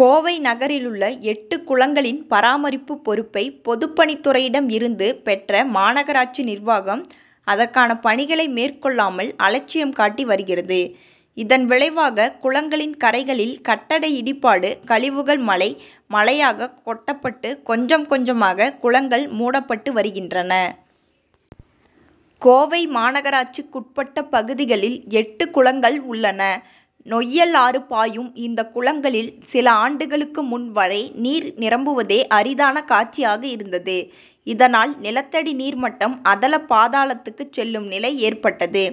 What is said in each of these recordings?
கோவை நகரிலுள்ள எட்டு குளங்களின் பராமரிப்பு பொறுப்பை பொதுப்பணித்துறையிடம் இருந்து பெற்ற மாநகராட்சி நிர்வாகம், அதற்கான பணிகளை மேற்கொள்ளாமல் அலட்சியம் காட்டி வருகிறது. இதன் விளைவாக, குளங்களின் கரைகளில் கட்டட இடிபாடு கழிவுகள் மலை, மலையாக கொட்டப்பட்டு கொஞ்சம், கொஞ்சமாக குளங்கள் மூடப்பட்டு வருகின்றன. கோவை மாநகராட்சிக்குட்பட்ட பகுதிகளில் எட்டு குளங்கள் உள்ளன. நொய்யல் ஆறு பாயும் இந்த குளங்களில், சில ஆண்டுகளுக்கு முன் வரை நீர் நிரம்புவதே அரிதான காட்சியாக இருந்தது. இதனால், நிலத்தடி நீர் மட்டம் அதல பாதாளத்துக்கு செல்லும் நிலை ஏற்பட்டது.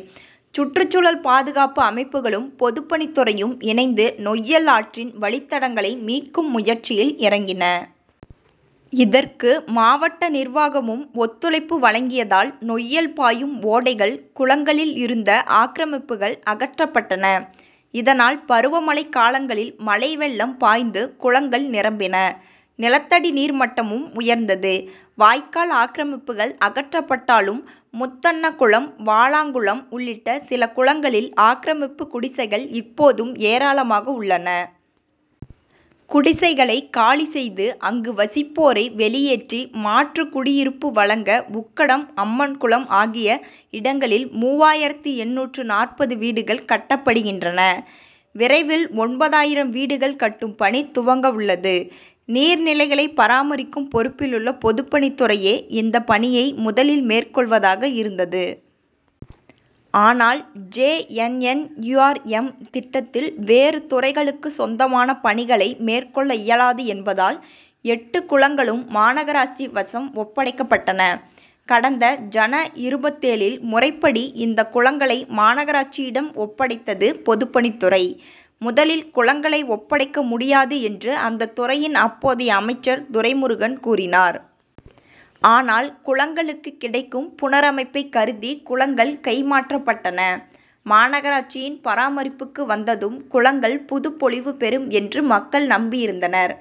சுற்றுச்சூழல் பாதுகாப்பு அமைப்புகளும், பொதுப்பணித்துறையும் இணைந்து நொய்யல் ஆற்றின் வழித்தடங்களை மீட்கும் முயற்சியில் இறங்கின. இதற்கு, மாவட்ட நிர்வாகமும் ஒத்துழைப்பு வழங்கியதால் நொய்யல் பாயும் ஓடைகள், குளங்களில் இருந்த ஆக்கிரமிப்புகள் அகற்றப்பட்டன. இதனால், பருவமழை காலங்களில் மழைவெள்ளம் பாய்ந்து குளங்கள் நிரம்பின. நிலத்தடி நீர் மட்டமும் உயர்ந்தது. வாய்க்கால் ஆக்கிரமிப்புகள் அகற்றப்பட்டாலும் முத்தண்ணகுளம், வாலாங்குளம் உள்ளிட்ட சில குளங்களில் ஆக்கிரமிப்பு குடிசைகள் இப்போதும் ஏராளமாக உள்ளன. குடிசைகளை காலி செய்து, அங்கு வசிப்போரை வெளியேற்றி மாற்று குடியிருப்பு வழங்க உக்கடம், அம்மன் குளம் ஆகிய இடங்களில் மூவாயிரத்தி எண்ணூற்று நாற்பது வீடுகள் கட்டப்படுகின்றன. விரைவில் ஒன்பதாயிரம் வீடுகள் கட்டும் பணி துவங்கவுள்ளது. நீர்நிலைகளை பராமரிக்கும் பொறுப்பிலுள்ள பொதுப்பணித்துறையே, இந்த பணியை முதலில் மேற்கொள்வதாக இருந்தது. ஆனால், ஜே என்என் யுஆர் எம் திட்டத்தில் வேறு துறைகளுக்கு சொந்தமான பணிகளை மேற்கொள்ள இயலாது என்பதால், எட்டு குளங்களும் மாநகராட்சி வசம் ஒப்படைக்கப்பட்டன. கடந்த ஜன இருபத்தேழில் முறைப்படி இந்த குளங்களை மாநகராட்சியிடம் ஒப்படைத்தது பொதுப்பணித்துறை. முதலில் குளங்களை ஒப்படைக்க முடியாது என்று அந்த துறையின் அப்போதைய அமைச்சர் துரைமுருகன் கூறினார். ஆனால், குளங்களுக்குக் கிடைக்கும் புனரமைப்பை கருதி, குளங்கள் கைமாற்றப்பட்டன. மாநகராட்சியின் பராமரிப்புக்கு வந்ததும், குளங்கள் புதுப்பொலிவு பெறும் என்று மக்கள் நம்பியிருந்தனர்.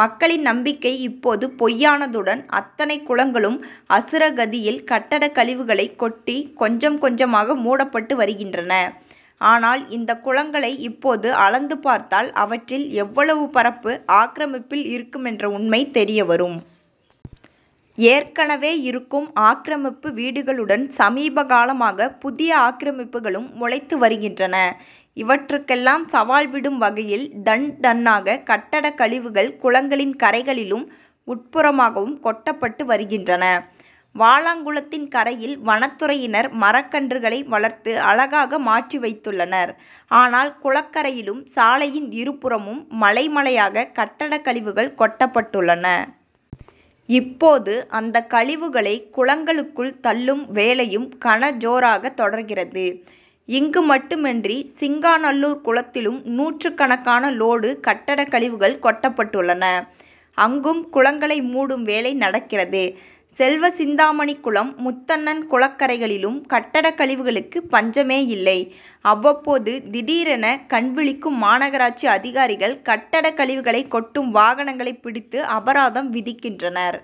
மக்களின் நம்பிக்கை இப்போது பொய்யானதுடன், அத்தனை குளங்களும் அசுர கதியில் கட்டடக் கழிவுகளை கொட்டி கொஞ்சம், கொஞ்சமாக மூடப்பட்டு வருகின்றன. ஆனால், இந்த குளங்களை இப்போது அளந்து பார்த்தால், அவற்றில் எவ்வளவு பரப்பு ஆக்கிரமிப்பில் இருக்குமென்ற உண்மை தெரியவரும். ஏற்கனவே, இருக்கும் ஆக்கிரமிப்பு வீடுகளுடன் சமீபகாலமாக புதிய ஆக்கிரமிப்புகளும் முளைத்து வருகின்றன. இவற்றுக்கெல்லாம் சவால் விடும் வகையில் "டன், டன்'னாக கட்டட கழிவுகள் குளங்களின் கரைகளிலும், உட்புறமாகவும் கொட்டப்பட்டு வருகின்றன. வாலாங்குளத்தின் கரையில் வனத்துறையினர் மரக்கன்றுகளை வளர்த்து அழகாக மாற்றி வைத்துள்ளனர். ஆனால், குளக்கரையிலும், சாலையின் இரு புறமும் மலை, மலையாக கட்டடக் கழிவுகள் கொட்டப்பட்டுள்ளன. இப்போது, அந்த கழிவுகளை குளங்களுக்குள் தள்ளும் வேலையும் கனஜோராக தொடர்கிறது. இங்கு மட்டுமன்றி, சிங்காநல்லூர் குளத்திலும் நூற்றுக்கணக்கான லோடு கட்டடக் கழிவுகள் கொட்டப்பட்டுள்ளன. அங்கும், குளங்களை மூடும் வேலை நடக்கிறது. செல்வசிந்தாமணி குளம், முத்தண்ணன் குளக்கரைகளிலும் கட்டடக் கழிவுகளுக்கு பஞ்சமேயில்லை. அவ்வப்போது, திடீரென கண் விழிக்கும் மாநகராட்சி அதிகாரிகள், கட்டடக் கழிவுகளை கொட்டும் வாகனங்களை பிடித்து அபராதம் விதிக்கின்றனர்.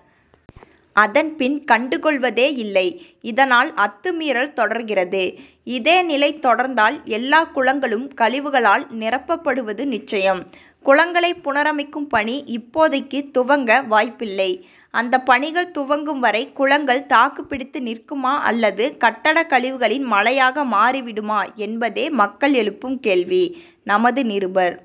அதன்பின், கண்டுகொள்வதே இல்லை. இதனால், அத்துமீறல் தொடர்கிறது. இதே நிலை தொடர்ந்தால், எல்லா குளங்களும் கழிவுகளால் நிரப்பப்படுவது நிச்சயம். குளங்களைப் புனரமைக்கும் பணி, இப்போதைக்கு துவங்க வாய்ப்பில்லை. அந்த பணிகள் துவங்கும் வரை குளங்கள் தாக்குப்பிடித்து நிற்குமா அல்லது கட்டட கழிவுகளின் மலையாக மாறிவிடுமா என்பதே மக்கள் எழுப்பும் கேள்வி. நமது நிருபர்